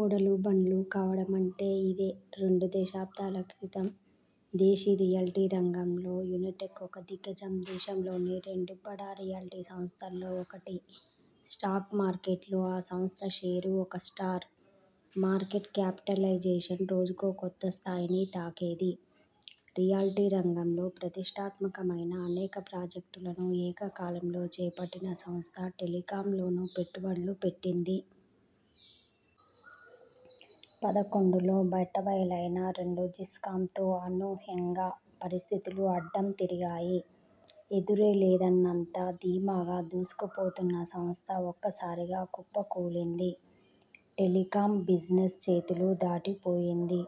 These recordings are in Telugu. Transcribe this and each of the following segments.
ఓడలు బండ్లు కావడమంటే ఇదే. రెండు దశాబ్దాల క్రితం దేశీ రియల్టీ రంగంలో యునిటెక్ ఒక దిగ్గజం. దేశంలోని రెండు బడా రియల్టీ సంస్థల్లో ఒకటి. స్టాక్ మార్కెట్లో ఆ సంస్థ షేరు ఒక స్టార్. మార్కెట్ క్యాపిటలైజేషన్ రోజుకో కొత్త స్థాయిని తాకేది. రియల్టీ రంగంలో ప్రతిష్టాత్మకమైన అనేక ప్రాజెక్టులను ఏకకాలంలో చేపట్టిన సంస్థ టెలికాంలోనూ పెట్టుబడులు పెట్టింది. పదకొండులో బట్టబయలైన రెండు జిస్కామ్తో అనూహ్యంగా పరిస్థితులు అడ్డం తిరిగాయి. ఎదురేలేదన్నంత ధీమాగా దూసుకుపోతున్న సంస్థ ఒక్కసారిగా కుప్పకూలింది. టెలికాం బిజినెస్ చేతులు దాటిపోయింది.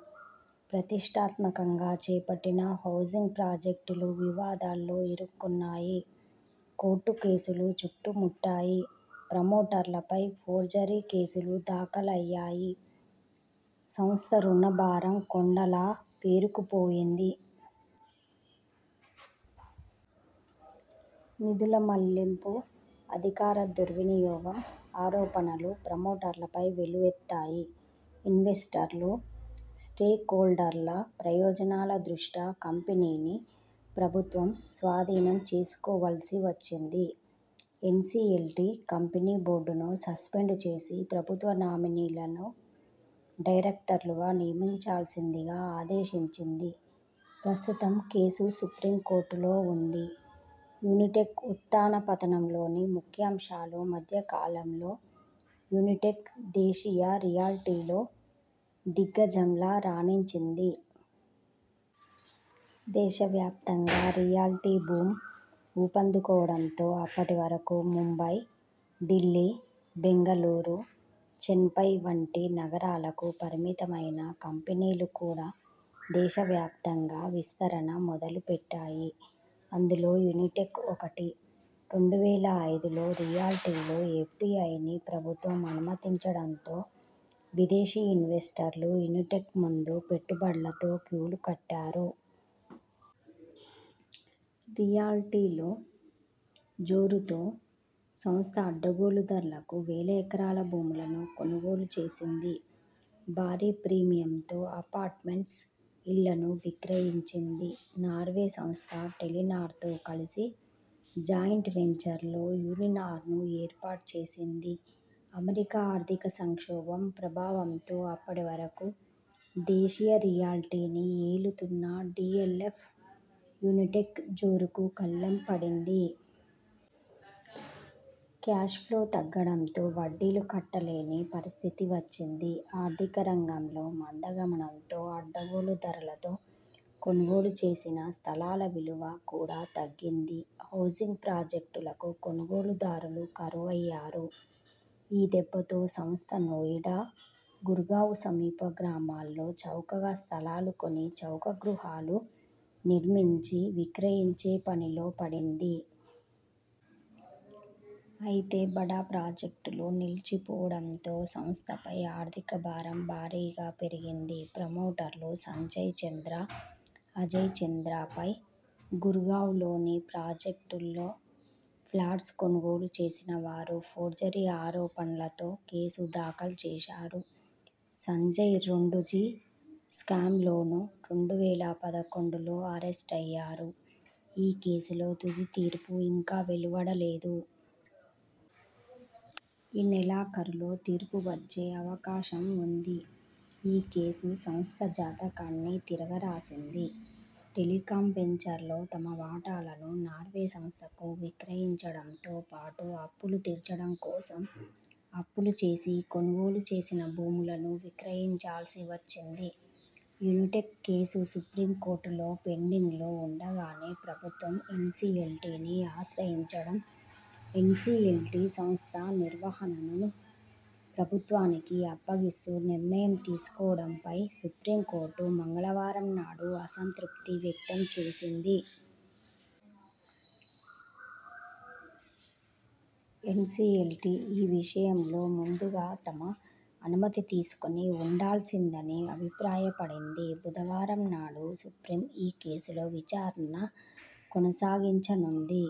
ప్రతిష్టాత్మకంగా చేపట్టిన హౌజింగ్ ప్రాజెక్టులు వివాదాల్లో ఇరుక్కున్నాయి. కోర్టు కేసులు చుట్టుముట్టాయి. ప్రమోటర్లపై ఫోర్జరీ కేసులు దాఖలయ్యాయి. సంస్థ రుణ భారం కొండలా పేరుకుపోయింది. నిధుల మళ్లింపు, అధికార దుర్వినియోగం ఆరోపణలు ప్రమోటర్లపై వెల్లువెత్తాయి. ఇన్వెస్టర్లు, స్టేక్హోల్డర్ల ప్రయోజనాల దృష్ట్యా కంపెనీని ప్రభుత్వం స్వాధీనం చేసుకోవాల్సి వచ్చింది. ఎన్సిఎల్టి కంపెనీ బోర్డును సస్పెండ్ చేసి ప్రభుత్వ నామినీలను డైరెక్టర్లుగా నియమించాల్సిందిగా ఆదేశించింది. ప్రస్తుతం కేసు సుప్రీంకోర్టులో ఉంది. యునిటెక్ ఉత్థానపతనంలోని ముఖ్యాంశాలు మధ్య కాలంలో యునిటెక్ దేశీయ రియల్టీలో దిగ్గజంలా రాణించింది. దేశవ్యాప్తంగా రియల్టీ బూమ్ ఊపందుకోవడంతో అప్పటివరకు ముంబై, ఢిల్లీ, బెంగళూరు, చెన్పై వంటి నగరాలకు పరిమితమైన కంపెనీలు కూడా దేశవ్యాప్తంగా విస్తరణ మొదలుపెట్టాయి. అందులో యునిటెక్ ఒకటి. రెండు వేల ఐదులో రియల్టీలో ఎఫ్డిఐని ప్రభుత్వం అనుమతించడంతో విదేశీ ఇన్వెస్టర్లు యునిటెక్ ముందు పెట్టుబడులతో క్యూలు కట్టారు. రియల్టీలో జోరుతో సంస్థ అడ్డగోలు ధరలకు వేల ఎకరాల భూములను కొనుగోలు చేసింది. భారీ ప్రీమియంతో అపార్ట్మెంట్స్, ఇళ్లను విక్రయించింది. నార్వే సంస్థ టెలినార్తో కలిసి జాయింట్ వెంచర్లో యునినార్ను ఏర్పాటు చేసింది. ఆమెరికా ఆర్థిక సంక్షోభం ప్రభావంతో అప్పటి వరకు దేశీయ రియల్టీని ఏలుతున్న డిఎల్ఎఫ్, యునిటెక్ జోరుకు కళ్లెం పడింది. క్యాష్ ఫ్లో తగ్గడంతో వడ్డీలు కట్టలేని పరిస్థితి వచ్చింది. ఆర్థిక రంగంలో మందగమనంతో అడ్డగోలు ధరలతో కొనుగోలు చేసిన స్థలాల విలువ కూడా తగ్గింది. హౌజింగ్ ప్రాజెక్టులకు కొనుగోలుదారులు కరువయ్యారు. ఈ దెబ్బతో సంస్థ నోయిడా, గుర్గావ్ సమీప గ్రామాల్లో చౌకగా స్థలాలు కొని చౌక గృహాలు నిర్మించి విక్రయించే పనిలోపడింది. అయితే బడా ప్రాజెక్టులు నిల్చిపోవడంతో సంస్థపై ఆర్థిక భారం భారీగా పెరిగింది. ప్రమోటర్లు సంజయ్ చంద్ర, అజయ్ చంద్ర పై గుర్గావ్లోని ప్రాజెక్టులో ఫ్లాట్స్ కొనుగోలు చేసిన వారు ఫోర్జరీ ఆరోపణలతో కేసు దాఖలు చేశారు. సంజయ్ రెండుజి స్కామ్లోనూ రెండు వేల పదకొండులో అరెస్టయ్యారు ఈ కేసులో తుది తీర్పు ఇంకా వెలువడలేదు. ఈ నెలాఖరులో తీర్పువచ్చే అవకాశం ఉంది. ఈ కేసు సంస్థ జాతకాన్ని తిరగరాసింది. టెలికాం వెంచర్లో తమ వాటాలను నార్వే సంస్థకు విక్రయించడంతో పాటు అప్పులు తీర్చడం కోసం అప్పులు చేసి కొనుగోలు చేసిన భూములను విక్రయించాల్సి వచ్చింది. యునిటెక్ కేసు సుప్రీం కోర్టులో పెండింగ్లో ఉండగానే ప్రభుత్వం ఎన్సిఎల్టిని ఆశ్రయించడం, ఎన్సిఎల్టి సంస్థ నిర్వహణను ప్రభుత్వానికి అప్పగిస్తూ నిర్ణయం తీసుకోవడంపై సుప్రీంకోర్టు మంగళవారం నాడు అసంతృప్తి వ్యక్తం చేసింది. ఎన్సిఎల్టి ఈ విషయంలో ముందుగా తమ అనుమతి తీసుకొని ఉండాల్సిందని అభిప్రాయపడింది. బుధవారం నాడు సుప్రీం ఈ కేసులో విచారణ కొనసాగించనుంది.